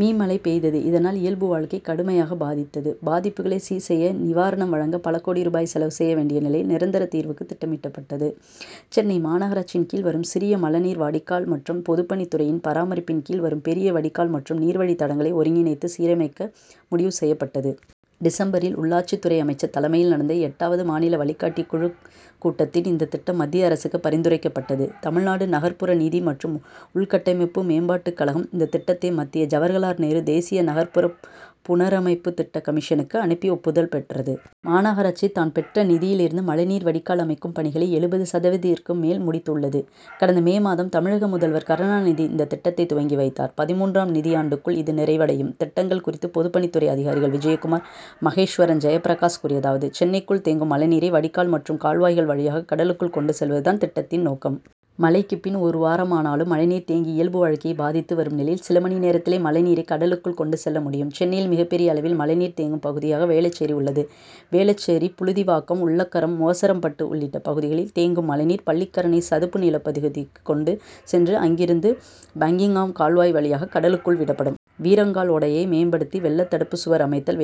Me. மழை பெய்தது. இதனால் இயல்பு வாழ்க்கை கடுமையாக பாதித்தது. பாதிப்புகளை சீர் செய்ய நிவாரணம் வழங்க பல கோடி ரூபாய் செலவு செய்ய வேண்டிய நிலையில் நிரந்தர தீர்வுக்கு திட்டமிடப்பட்டது. சென்னை மாநகராட்சியின் கீழ் வரும் சிறிய மழைநீர் வடிகால் மற்றும் பொதுப்பணித் துறையின் பராமரிப்பின் கீழ் வரும் பெரிய வடிகால் மற்றும் நீர்வழித் தடங்களை ஒருங்கிணைத்து சீரமைக்க முடிவு செய்யப்பட்டது. டிசம்பரில் உள்ளாட்சி துறை அமைச்சர் தலைமையில் நடந்த எட்டாவது மாநில வழிகாட்டி குழுக் கூட்டத்தில் இந்தத் திட்டம் மத்திய அரசுக்கு பரிந்துரைக்கப்பட்டது. தமிழ்நாடு நகர்ப்புற நிதி மற்றும் உள்கட்டமைப்பு மேம்பாட்டுக் கழகம் இந்தத் திட்டத்தை மத்திய ஜவகர்லால் நேரு தேசிய நகர்ப்புற புனரமைப்பு திட்டக் கமிஷனுக்கு அனுப்பி ஒப்புதல் பெற்றது. மாநகராட்சி தான் பெற்ற நிதியில் இருந்து மழைநீர் வடிகால் அமைக்கும் பணிகளை எழுபது சதவீதத்திற்கும் மேல் முடித்துள்ளது. கடந்த மே மாதம் தமிழக முதல்வர் கருணாநிதி இந்த திட்டத்தை துவக்கி வைத்தார். பதிமூன்றாம் நிதியாண்டுக்குள் இது நிறைவடையும். திட்டங்கள் குறித்து பொதுப் பணித்துறை அதிகாரிகள் விஜயகுமார் மகேஸ்வரன் ஜெயபிரகாஷ் கூறியதாவது:சென்னைக்குள் தேங்கும் மழைநீரை வடிகால் மற்றும் கால்வாய்கள் வழியாக கடலுக்குள் கொண்டு செல்வது தான் திட்டத்தின் நோக்கம். மழைக்குப் பின் ஒரு வாரமானாலும் மழைநீர் தேங்கி இயல்பு வாழ்க்கையை பாதித்து வரும் நிலையில் சில மணி நேரத்திலேயே மழை நீரை கடலுக்குள் கொண்டு செல்ல முடியும். சென்னையில் மிகப் பெரிய அளவில் மழைநீர் தேங்கும் பகுதியாக வேளச்சேரி உள்ளது. வேளச்சேரி புழுதிவாக்கம் உள்ளகரம் மூவரசம்பட்டு உள்ளிட்ட பகுதிகளில் தேங்கும் மழைநீர் பள்ளிக்கரணை சதுப்பு நிலப்பகுதிக்கு கொண்டு சென்று அங்கிருந்து பக்கிங்காம் கால்வாய் வழியாக கடலுக்குள் விடப்படும். வீராங்கல் ஓடையை மேம்படுத்தி வெள்ளத் தடுப்புச் சுவர் அமைத்தல்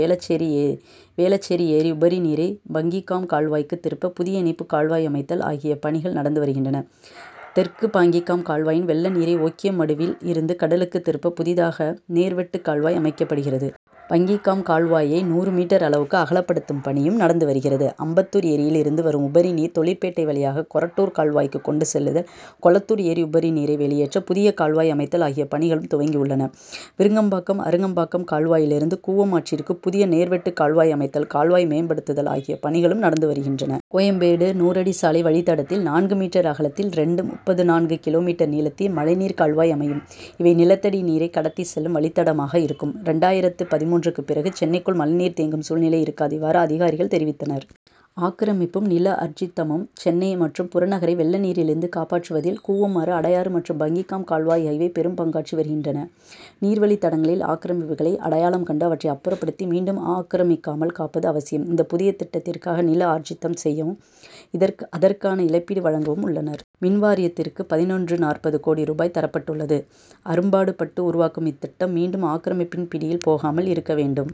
வேளச்சேரி ஏரி உபரி நீரை பக்கிங்காம் கால்வாய்க்கு திருப்ப புதிய இணைப்புக் கால்வாய் அமைத்தல் ஆகிய பணிகள் நடந்து வருகின்றன. தெற்கு பக்கிங்காம் கால்வாயின் வெள்ள நீரை ஒக்கியம் மடுவில் இருந்து கடலுக்குத் திருப்ப புதிதாக நேர்வெட்டுக் கால்வாய் அமைக்கப்படுகிறது. பக்கிங்காம் கால்வாயை நூறு மீட்டர் அளவுக்கு அகலப்படுத்தும் பணியும் நடந்து வருகிறது. அம்பத்தூர் ஏரியில் இருந்து வரும் உபரி நீரை தொழிற்பேட்டை வழியாக கொரட்டூர் கால்வாய்க்கு கொண்டு செல்லுதல் கொளத்தூர் ஏரி உபரி நீரை வெளியேற்ற புதிய கால்வாய் அமைத்தல் ஆகிய பணிகளும் துவங்கியுள்ளன. விருகம்பாக்கம் அரும்பாக்கம் கால்வாயில் இருந்து கூவம் ஆற்றிற்கு புதிய நேர்வெட்டுக் கால்வாய் அமைத்தல் கால்வாயை மேம்படுத்துதல் ஆகிய பணிகளும் நடந்து வருகின்றன. கோயம்பேடு நூறடி சாலை வழித் தடத்தில் நான்கு மீட்டர் அகலத்தில் இரண்டு.முப்பத்து நான்கு கிலோ மீட்டர் நீளத்தில் மழைநீர் கால்வாய் அமையும். இவை நிலத்தடியில் நீரைக் கடத்திச் செல்லும் வழித்தடமாக இருக்கும். இரண்டாயிரத்து பதிமூன்றுக்குப் பிறகு சென்னைக்குள் மழை நீர் தேங்கும் சூழ்நிலை இருக்காது. இவ்வாறு அதிகாரிகள் தெரிவித்தனர். ஆக்கிரமிப்பும் நில ஆர்ஜிதமும்: சென்னை மற்றும் புறநகரை வெள்ள நீரில் இருந்து காப்பாற்றுவதில் கூவம் ஆறு அடையாறு மற்றும் பக்கிங்காம் கால்வாய் ஆகியவை பெரும் பங்காற்றி வருகின்றன. நீர்வழித் தடங்களில் ஆக்கிரமிப்புகளை அடையாளம் கண்டு அவற்றை அப்புறப்படுத்தி மீண்டும் ஆக்கிரமிக்காமல் காப்பது அவசியம். இந்த புதிய திட்டத்திற்காக நில ஆர்ஜிதம் செய்யவும் அதற்கான இழப்பீடு வழங்கவும் உள்ளனர். மின் வாரியத்திற்கு பதினொன்று.நாற்பது கோடி ரூபாய் தரப்பட்டுள்ளது. அரும்பாடுபட்டு உருவாக்கும் இந்த திட்டம் மீண்டும் ஆக்கிரமிப்பின் பிடியில் போகாமல் இருக்க வேண்டும்.